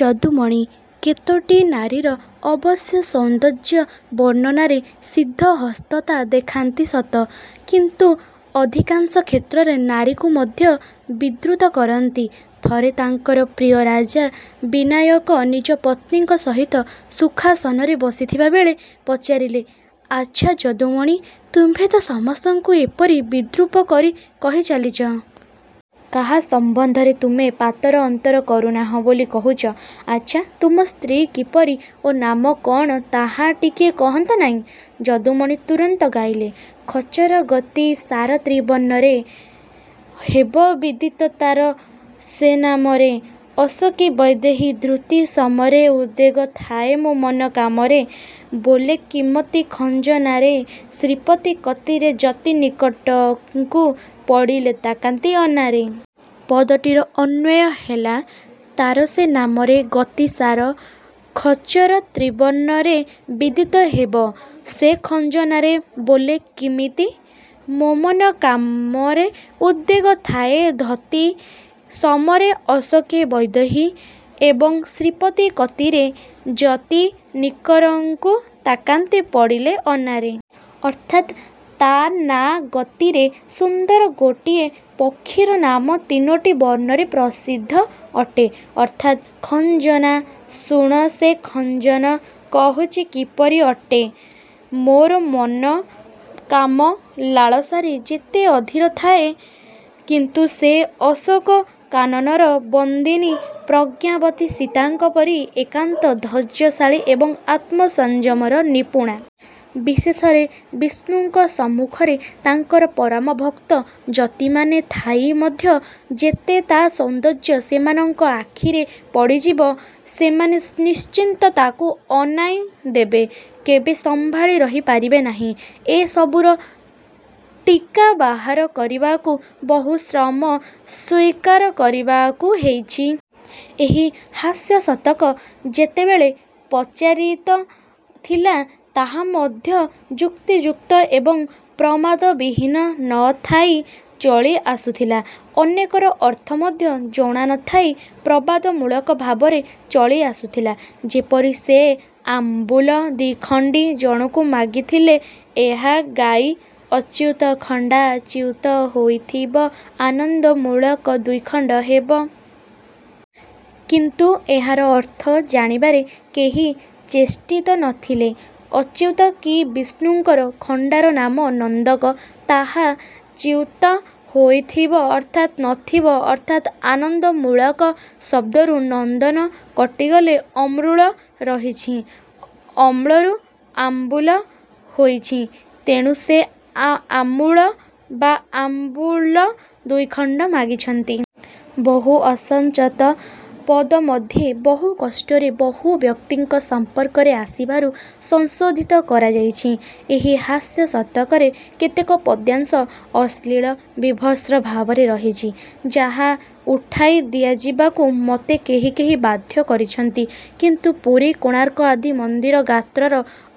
ଯଦୁମଣି କେତୋଟି ନାରୀର ଅବଶ୍ୟ ସୌନ୍ଦର୍ଯ୍ୟ ବର୍ଣ୍ଣନାରେ ସିଦ୍ଧହସ୍ତତା ଦେଖାନ୍ତି ସତ କିନ୍ତୁ ଅଧିକାଂଶ କ୍ଷେତ୍ରରେ ନାରୀକୁ ମଧ୍ୟ ବିଦ୍ରୂତ କରନ୍ତି। ଥରେ ତାଙ୍କର ପ୍ରିୟରାଜା ବିନାୟକ ନିଜପତ୍ନୀଙ୍କ ସହିତ ସୁଖାସନରେ ବସିଥିବାବେଳେ ପଚାରିଲେ- 'ଆଚ୍ଛା ଯଦୁମଣି, ତୁମ୍ଭେ ତ ସମସ୍ତଙ୍କୁ ଏପରି ବିଦ୍ରୂପ କରି କହି ଚାଲିଛ। କାହା ସମ୍ବନ୍ଧରେ ତୁମ୍ଭେ ପାତର ଅନ୍ତର କରୁନାହଁ ବୋଲି କହୁଚ। ଆଚ୍ଛା ତୁମ୍ଭ ସ୍ତ୍ରୀ କିପରି ଓ ନାମ କଣ ତାହା ଟିକିଏ କହନ୍ତ ନାହିଁ? ଯଦୁମଣି ତୁରନ୍ତ ଗାଇଲେ- ଖଚର ଗତି ସାର ତ୍ରିବର୍ଣ୍ଣରେ ହେବ ବିଦିତ ତାର ସେ ନାମରେ ଅଶୋକେ ବୈଦେହୀ ଧୃତି ସମରେ ଉଦ୍ବେଗ ଥାଏ ମୋ ମନ କାମରେ ବୋଲେ କିମତି ଖଞ୍ଜନାରେ ଶ୍ରୀପତି କତିରେ ଯତି ନିକରଙ୍କୁ ପଡ଼ିଲେ ତା କାନ୍ତି ଅନାରେ। ପଦଟିର ଅନ୍ୱୟ ହେଲା- ତାର ସେ ନାମରେ ଗତିସାର ଖ−ଚର ତ୍ରୀବର୍ଣ୍ଣରେ ବିଦିତ ହେବ। ସେ ଖଞ୍ଜନାରେ ବୋଲେ କିମିତି? ମୋ ମନ କାମରେ ଉଦ୍ବେଗ ଥାଏ ଧତି ସମରେ ଅଶୋକେ ବୈଦେହୀ ଏବଂ ଶ୍ରୀପତି କତିରେ ଯତି ନିକରଙ୍କୁ ତା କାନ୍ତି ପଡ଼ିଲେ ଅନାରେ। ଅର୍ଥାତ-ତା ନାଁ ଗତିରେ ସୁନ୍ଦର ଗୋଟିଏ ପକ୍ଷୀର ନାମ ତିନୋଟି ବର୍ଣ୍ଣରେ ପ୍ରସିଦ୍ଧ ଅଟେ। ଅର୍ଥାତ୍ 'ଖଂଜନା'। ଶୁଣ ସେ ଖଂଜନ, କହୁଛି କିପରି ଅଟେ? ମୋର ମନ କାମ ଲାଳସାରେ ଯେତେ ଅଧୀର ଥାଏ, କିନ୍ତୁ ସେ ଅଶୋକ କାନନର ବନ୍ଦିନୀ ପ୍ରଜ୍ଞାବତୀ ସୀତାଙ୍କ ପରି ଏକାନ୍ତ ଧୈର୍ଯ୍ୟଶାଳୀ ଏବଂ ଆତ୍ମସଂଯମର ନିପୁଣା। ବିଶେଷରେ ବିଷ୍ଣୁଙ୍କ ସମ୍ମୁଖରେ ତାଙ୍କର ପରମ ଭକ୍ତ ଯତିମାନେ ଥାଇ ମଧ୍ୟ ଯେବେ ତା ସୌନ୍ଦର୍ଯ୍ୟ ସେମାନଙ୍କ ଆଖିରେ ପଡ଼ିଯିବ, ସେମାନେ ନିଶ୍ଚିୟ ତାକୁ ଅନାଇଁ ଦେବେ। କେବେ ସମ୍ଭାଳି ରହି ପାରିବେ ନାହିଁ। ଏ ସବୁର ଟୀକା ବାହାର କରିବାକୁ ବହୁଶ୍ରମ ସ୍ୱୀକାର କରିବାକୁ ହେଇଛି। ଏହି ହାସ୍ୟଶତକ ଯେତେବେଳେ ପ୍ରଚାରିତ ଥିଲା ତାହା ମଧ୍ୟ ଯୁକ୍ତିଯୁକ୍ତ ଏବଂ ପ୍ରମାଦବିହୀନ ନଥାଇ ଚଳି ଆସୁଥିଲା। ଅନେକର ଅର୍ଥ ମଧ୍ୟ ଜଣା ନଥାଇ ପ୍ରବାଦମୂଳକ ଭାବରେ ଚଳିଆସୁଥିଲା। ଯେପରି ସେ ଆମ୍ଭୁଲ ଦିଖଣ୍ଡି ଜଣକୁ ମାଗିଥିଲେ ଏହାଗାଇ- ଅଚ୍ୟୁତ ଖଣ୍ଡା ଚ୍ୟୁତ ହୋଇଥିବ ଆନନ୍ଦମୂଳକ ଦ୍ୱିଖଣ୍ଡ ହେବ। କିନ୍ତୁ ଏହାର ଅର୍ଥ ଜାଣିବାରେ କେହି ଚେଷ୍ଟିତ ନଥିଲେ। ଅଚ୍ୟୁତ କି ବିଷ୍ଣୁଙ୍କର ଖଣ୍ଡାର ନାମ ''ନନ୍ଦକ" ତାହା ଚ୍ୟୁତ ହୋଇଥିବ ଅର୍ଥାତ୍ ନଥିବ ଅର୍ଥାତ୍ ଆନନ୍ଦ ମୂଳକ ଶବ୍ଦରୁ 'ନନ୍ଦନ' କଟିଗଲେ ଅମୃଳ ରହିଛି। ଅମ୍ଳରୁ ଆମ୍ବୁଲ ହୋଇଛି। ତେଣୁ ସେ ଆମୂଳ ବା ଆମ୍ବୁଲ ଦୁଇଖଣ୍ଡ ମାଗିଛନ୍ତି। ବହୁ ଅସଂଚତ ପଦମଧ୍ୟ ବହୁ କଷ୍ଟରେ ବହୁବ୍ୟକ୍ତିଙ୍କ ସଂପର୍କରେ ଆସିବାରୁ ସଂଶୋଧିତ କରାଯାଇଛି। ଏହି ହାସ୍ୟଶତକରେ କେତେକ ପଦ୍ୟାଂଶ ଅଶ୍ଳିଳ ବିଭତ୍ସ ଭାବରେ ରହିଛି, ଯାହା ଉଠାଇ ଦିଆଯିବାକୁ ମୋତେ କେହି କେହି ବାଧ୍ୟ କରିଛନ୍ତି। କିନ୍ତୁ ପୁରୀ କୋଣାର୍କ ଆଦି ମନ୍ଦିର ଗାତ୍ରର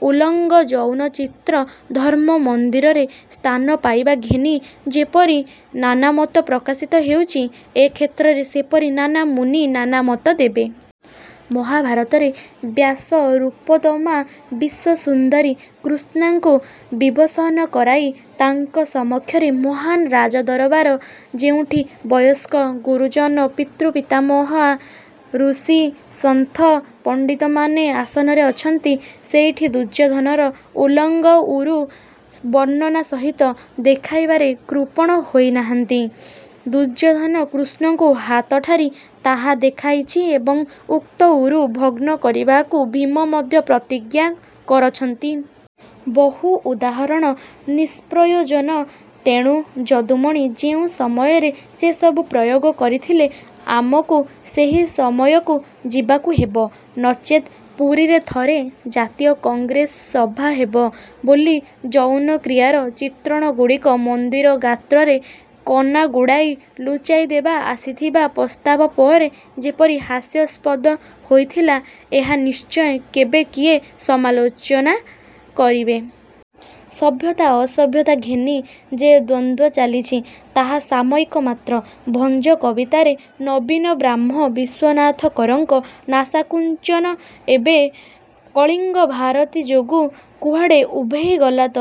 ଉଲ୍ଲଙ୍ଗ ଯୌନଚିତ୍ର ଧର୍ମ୍ମ ମନ୍ଦିରରେ ସ୍ଥାନ ପାଇବା ଘେନି ଯେପରି ନାନାମତ ପ୍ରକାଶିତ ହେଉଛି, ଏ କ୍ଷେତ୍ରରେ ସେପରି ନାନା ମୁନି ନାନା ମତ ଦେବେ। ମହାଭାରତରେ ବ୍ୟାସ ରୂପୋତ୍ତମା ବିଶ୍ୱସୁନ୍ଦରୀ କୃଷ୍ଣାଙ୍କୁ ବିବସନ କରାଇ ତାଙ୍କ ସମକ୍ଷରେ ମହାନ୍ ରାଜଦରବାର ଯେଉଁଠି ବୟସ୍କ ଗୁରୁଜନ ପିତୃପିତାମହା, ଋଷି, ସନ୍ଥ ପଣ୍ଡିତମାନେ ଆସନରେ ଅଛନ୍ତି, ସେଇଠି ଦୁର୍ଯ୍ୟୋଧନର ଉଲ୍ଲଙ୍ଗ ଊରୁ ବର୍ଣ୍ଣନା ସହିତ ଦେଖାଇବାରେ କୃପଣ ହୋଇନାହାନ୍ତି। ଦୁର୍ଯ୍ୟୋଧନ କୃଷ୍ଣଙ୍କୁ ହାତଠାରି ତାହା ଦେଖାଇଛି ଏବଂ ଉକ୍ତ ଊରୁ ଭଗ୍ନ କରିବାକୁ ଭୀମ ମଧ୍ୟ ପ୍ରତିଜ୍ଞା କରଛନ୍ତି। ବହୁ ଉଦାହରଣ ନିଷ୍ପ୍ରୟୋଜନ। ତେଣୁ ଯଦୁମଣି ଯେଉଁ ସମୟରେ ସେ ସବୁ ପ୍ରୟୋଗ କରିଥିଲେ, ଆମକୁ ସେହି ସମୟକୁ ଯିବାକୁ ହେବ। ନଚେତ୍ ପୁରୀରେ ଥରେ ଜାତୀୟ କଂଗ୍ରେସ ସଭା ହେବ ବୋଲି ଯୌନକ୍ରିୟାର ଚିତ୍ରଣଗୁଡ଼ିକ ମନ୍ଦିର ଗାତ୍ରରେ କନାଗୁଡ଼ାଇ ଲୁଚାଇଦେବା ଆସିଥିବା ପ୍ରସ୍ତାବ ପରେ ଯେପରି ହାସ୍ୟସ୍ପଦ ହୋଇଥିଲା ଏହା ନିଶ୍ଚୟ କେବେ କିଏ ସମାଲୋଚନା କରିବେ। ସଭ୍ୟତା ଅସଭ୍ୟତା ଘେନି ଯେ ଦ୍ୱନ୍ଦ୍ୱ ଚାଲିଛି, ତାହା ସାମୟିକ ମାତ୍ର। ଭଞ୍ଜ କବିତାରେ ନବୀନ ବ୍ରାହ୍ମ ବିଶ୍ୱନାଥ କରଙ୍କ ନାସାକୁଞ୍ଚନ ଏବେ କଳିଙ୍ଗଭାରତୀ ଯୋଗୁଁ କୁଆଡ଼େ ଉଭେଇ ଗଲାତ?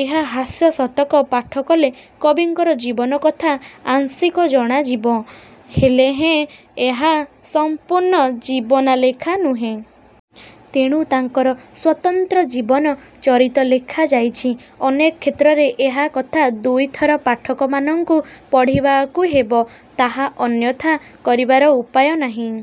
ଏହି ହାସ୍ୟଶତକ ପାଠକଲେ କବିଙ୍କର ଜୀବନକଥା ଆଂଶିକ ଜଣାଯିବ। ହେଲେହେଁ ଏହା ସଂପୂର୍ଣ୍ଣ ଜୀବନାଲେଖା ନୁହେଁ। ତେଣୁ ତାଙ୍କର ସ୍ୱତନ୍ତ୍ର ଜୀବନ−ଚରିତ ଲେଖା ଯାଇଛି। ଅନେକ କ୍ଷେତ୍ରରେ ଏକା କଥା ଦୁଇଥର ପାଠକମାନଙ୍କୁ ପଢ଼ିବାକୁ ହେବ। ତାହା ଅନ୍ୟଥା କରିବାର ଉପାୟ ନାହିଁ।